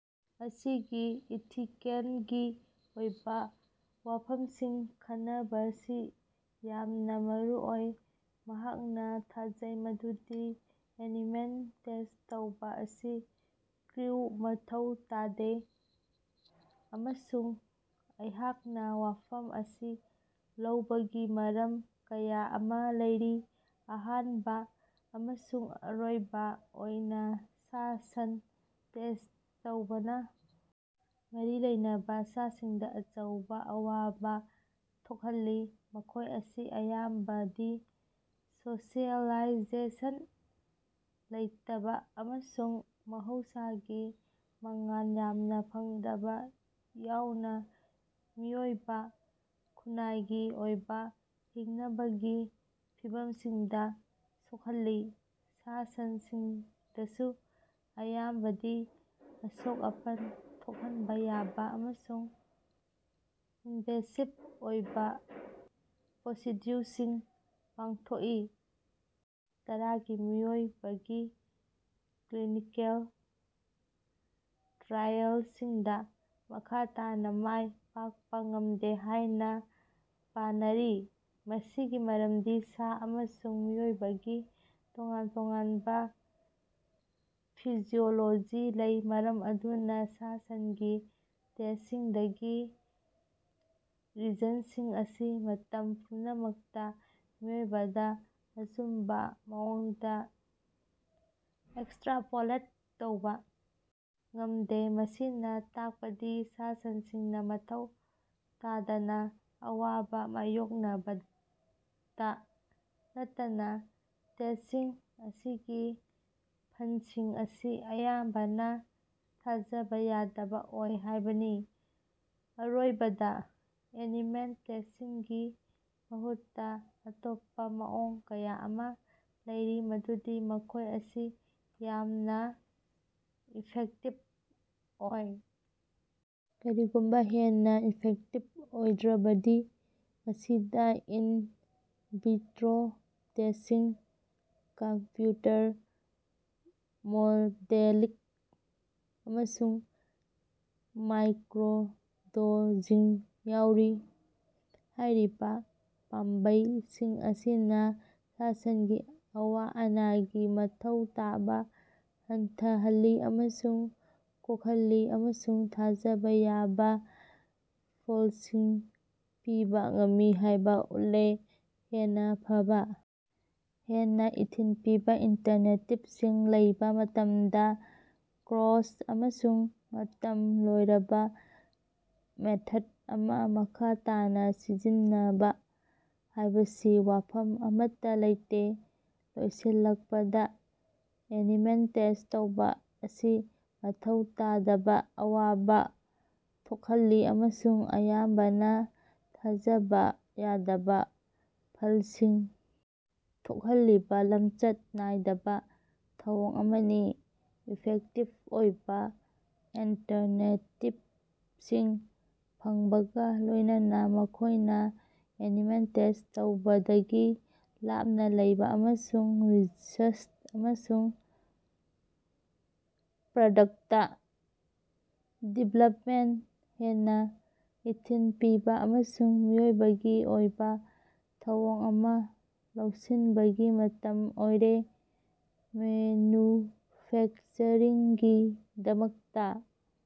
ꯑꯁꯤꯒꯤ ꯏꯊꯤꯀꯦꯜꯒꯤ ꯑꯣꯏꯕꯥ ꯋꯥꯐꯝꯁꯤꯡ ꯈꯟꯅꯕꯁꯤ ꯌꯥꯝꯅꯥ ꯃꯔꯨꯑꯣꯏ꯫ ꯃꯍꯥꯛꯅꯥ ꯊꯥꯖꯩ ꯃꯗꯨꯗꯤ ꯑꯦꯅꯤꯃꯦꯜ ꯇꯦꯁ ꯇꯧꯕꯥ ꯑꯁꯤ ꯀ꯭ꯔꯤꯎ ꯃꯊꯧ ꯇꯥꯗꯦ ꯑꯃꯁꯨꯡ ꯑꯩꯍꯥꯛꯅꯥ ꯋꯥꯐꯝ ꯑꯁꯤ ꯂꯧꯕꯒꯤ ꯃꯔꯝ ꯀꯌꯥ ꯑꯃꯥ ꯂꯩꯔꯤ꯫ ꯑꯍꯥꯟꯕꯥ ꯑꯃꯁꯨꯡ ꯑꯔꯣꯏꯕꯥ ꯑꯣꯏꯅꯥ, ꯁꯥ-ꯁꯟ ꯇꯦꯁ ꯇꯧꯕꯅꯥ ꯃꯔꯤ ꯂꯩꯅꯕꯥ ꯁꯥꯁꯤꯡꯗꯥ ꯑꯆꯧꯕꯥ ꯑꯋꯥꯕꯥ ꯊꯣꯛꯍꯜꯂꯤ꯫ ꯃꯈꯣꯏ ꯑꯁꯤ ꯑꯌꯥꯝꯕꯗꯤ ꯁꯣꯁꯤꯑꯦꯂꯥꯏꯖꯦꯁꯟ ꯂꯩꯇꯕꯥ ꯑꯃꯁꯨꯡ ꯃꯍꯧꯁꯥꯒꯤ ꯃꯉꯥꯜ ꯌꯥꯝꯅꯥ ꯐꯪꯗꯕꯥ ꯌꯥꯎꯅꯥ ꯃꯤꯑꯣꯏꯕꯥ ꯈꯨꯟꯅꯥꯏꯒꯤ ꯑꯣꯏꯕꯥ ꯍꯤꯡꯅꯕꯒꯤ ꯐꯤꯚꯝꯁꯤꯡꯗꯥ ꯁꯣꯛꯍꯜꯂꯤ꯫ ꯁꯥ-ꯁꯟꯁꯤꯡꯗꯁꯨ ꯑꯌꯥꯝꯕꯗꯤ ꯑꯁꯣꯛ-ꯑꯄꯟ ꯊꯣꯛꯍꯟꯕꯥ ꯌꯥꯕꯥ ꯑꯃꯁꯨꯡ ꯏꯟꯚꯦꯁꯤꯞ ꯑꯣꯏꯕꯥ ꯄ꯭ꯔꯣꯁꯤꯗ꯭ꯌꯨꯑꯣꯔꯁꯤꯡ ꯄꯥꯡꯊꯣꯛꯏ, ꯇꯔꯥꯗꯤ ꯃꯤꯑꯣꯏꯕꯒꯤ ꯀ꯭ꯂꯤꯅꯤꯀꯦꯜ ꯇ꯭ꯔꯥꯏꯑꯦꯜꯁꯤꯡꯗꯥ ꯃꯈꯥ ꯇꯥꯅꯥ ꯃꯥꯏ ꯄꯥꯛꯄꯥ ꯉꯝꯗꯦ ꯍꯥꯏꯅꯥ ꯄꯥꯅꯔꯤ꯫ ꯃꯁꯤꯒꯤ ꯃꯔꯝꯗꯤ ꯁꯥ ꯑꯃꯁꯨꯡ ꯃꯤꯑꯣꯏꯕꯒꯤ ꯇꯣꯉꯥꯟ ꯇꯣꯉꯥꯟꯕꯥ ꯐꯤꯖꯤꯑꯣꯂꯣꯖꯤ ꯂꯩ, ꯃꯔꯝ ꯑꯗꯨꯅꯥ ꯁꯥ-ꯁꯟꯒꯤ ꯇꯦꯁꯁꯤꯡꯗꯒꯤ ꯔꯤꯖꯜꯁꯤꯡ ꯑꯁꯤ ꯃꯇꯝ ꯄꯨꯝꯅꯃꯛꯇꯥ ꯃꯤꯑꯣꯏꯕꯗꯥ ꯑꯆꯨꯝꯕꯥ ꯃꯑꯣꯡꯗꯥ ꯑꯦꯛꯁꯇ꯭ꯔꯥꯄꯣꯂꯦꯠ ꯇꯧꯕꯥ ꯉꯝꯗꯦ꯫ ꯃꯁꯤꯅꯥ ꯇꯥꯛꯄꯗꯤ ꯁꯥ-ꯁꯟꯁꯤꯡꯅꯥ ꯃꯊꯧ ꯇꯥꯗꯅꯥ ꯑꯋꯥꯕꯥ ꯃꯥꯌꯣꯛꯅꯕꯇꯥ ꯅꯠꯇꯅꯥ ꯇꯦꯁꯁꯤꯡ ꯑꯁꯤꯒꯤ ꯐꯜꯁꯤꯡ ꯑꯁꯤ ꯑꯌꯥꯝꯕꯅꯥ ꯊꯥꯖꯕꯥ ꯌꯥꯗꯕꯥ ꯑꯣꯏ ꯍꯥꯏꯕꯅꯤ꯫ ꯑꯔꯣꯏꯕꯗꯥ, ꯑꯦꯅꯤꯃꯦꯜ ꯇꯦꯁꯇꯤꯡꯒꯤ ꯃꯍꯨꯠꯇꯥ ꯑꯇꯣꯞꯄꯥ ꯃꯑꯣꯡ ꯀꯌꯥ ꯑꯃꯥ ꯂꯩꯔꯤ ꯃꯗꯨꯗꯤ ꯃꯈꯣꯏ ꯑꯁꯤ ꯌꯥꯝꯅꯥ ꯏꯐꯦꯛꯇꯤꯚ ꯑꯣꯏ, ꯀꯔꯤꯒꯨꯝꯕꯥ ꯍꯦꯟꯅꯥ ꯏꯐꯦꯛꯇꯤꯚ ꯑꯣꯏꯗ꯭ꯔꯕꯗꯤ ꯃꯁꯤꯗꯥ in vitro testing, computer modelling ꯑꯃꯁꯨꯡ ꯃꯥꯏꯀ꯭ꯔꯣꯗꯣꯖꯤꯡ ꯌꯥꯎꯔꯤ꯫ ꯍꯥꯏꯔꯤꯕꯥ ꯄꯥꯝꯕꯩꯁꯤꯡ ꯑꯁꯤꯅꯥ ꯁꯥ-ꯁꯟꯒꯤ ꯑꯋꯥ-ꯑꯅꯥꯒꯤ ꯃꯊꯧ ꯇꯥꯕꯥ ꯍꯟꯊꯍꯜꯂꯤ ꯑꯃꯁꯨꯡ ꯀꯣꯛꯍꯜꯂꯤ ꯑꯃꯁꯨꯡ ꯊꯥꯖꯕꯥ ꯌꯥꯕꯥ ꯐꯜꯁꯤꯡ ꯄꯤꯕꯥ ꯉꯝꯃꯤ ꯍꯥꯏꯕꯥ ꯎꯠꯂꯦ꯫ ꯍꯦꯟꯅꯥ ꯐꯕꯥ, ꯍꯦꯟꯅꯥ ꯏꯊꯤꯜ ꯄꯤꯕꯥ ꯑꯜꯇꯔꯅꯦꯇꯤꯚꯁꯤꯡ ꯂꯩꯕꯥ ꯃꯇꯝꯗꯥ ꯀ꯭ꯔꯣꯁ ꯑꯃꯁꯨꯡ ꯃꯇꯝ ꯂꯣꯏꯔꯕꯥ ꯃꯦꯊꯠ ꯑꯃꯥ ꯃꯈꯥ ꯇꯥꯅꯥ ꯁꯤꯖꯤꯟꯅꯕꯥ ꯍꯥꯏꯕꯁꯤ ꯋꯥꯐꯝ ꯑꯃꯠꯇꯥ ꯂꯩꯇꯦ꯫ ꯂꯣꯏꯁꯤꯜꯂꯛꯄꯗꯥ, ꯑꯦꯅꯤꯃꯦꯜ ꯇꯦꯁ ꯇꯧꯕꯥ ꯑꯁꯤ ꯃꯊꯧ ꯇꯥꯗꯕꯥ ꯑꯋꯥꯕꯥ ꯊꯣꯛꯍꯜꯂꯤ ꯑꯃꯁꯨꯡ ꯑꯌꯥꯝꯕꯅꯥ ꯊꯥꯖꯕꯥ ꯌꯥꯗꯕꯥ ꯐꯜꯁꯤꯡ ꯊꯣꯛꯍꯜꯂꯤꯕꯥ ꯂꯝꯆꯠ ꯅꯥꯏꯗꯕꯥ ꯊꯧꯑꯣꯡ ꯑꯃꯅꯤ꯫ ꯏꯐꯦꯛꯇꯤꯚ ꯑꯣꯏꯕꯥ ꯑꯜꯇꯔꯅꯦꯇꯤꯚꯁꯤꯡ ꯐꯪꯕꯒꯥ ꯂꯣꯏꯅꯅꯥ ꯃꯈꯣꯏꯅꯥ ꯑꯦꯅꯤꯃꯦꯜ ꯇꯦꯁ ꯇꯧꯕꯗꯒꯤ ꯂꯥꯞꯅꯥ ꯂꯩꯕꯥ ꯑꯃꯁꯨꯡ ꯔꯤꯁꯔꯆ ꯑꯃꯁꯨꯡ ꯄ꯭ꯔꯗꯛꯇ ꯗꯤꯕꯦꯂꯞꯃꯦꯟꯇꯗꯥ ꯍꯦꯟꯅꯥ ꯏꯊꯤꯜ ꯄꯤꯕꯥ ꯑꯃꯁꯨꯡ ꯃꯤꯑꯣꯏꯕꯒꯤ ꯑꯣꯏꯕꯥ ꯊꯧꯑꯣꯡ ꯑꯃꯥ ꯂꯧꯁꯤꯟꯕꯒꯤ ꯃꯇꯝ ꯑꯣꯏꯔꯦ꯫ ꯃꯦꯅꯨꯐꯦꯛꯆꯔꯤꯡꯒꯤꯗꯃꯛꯇꯥ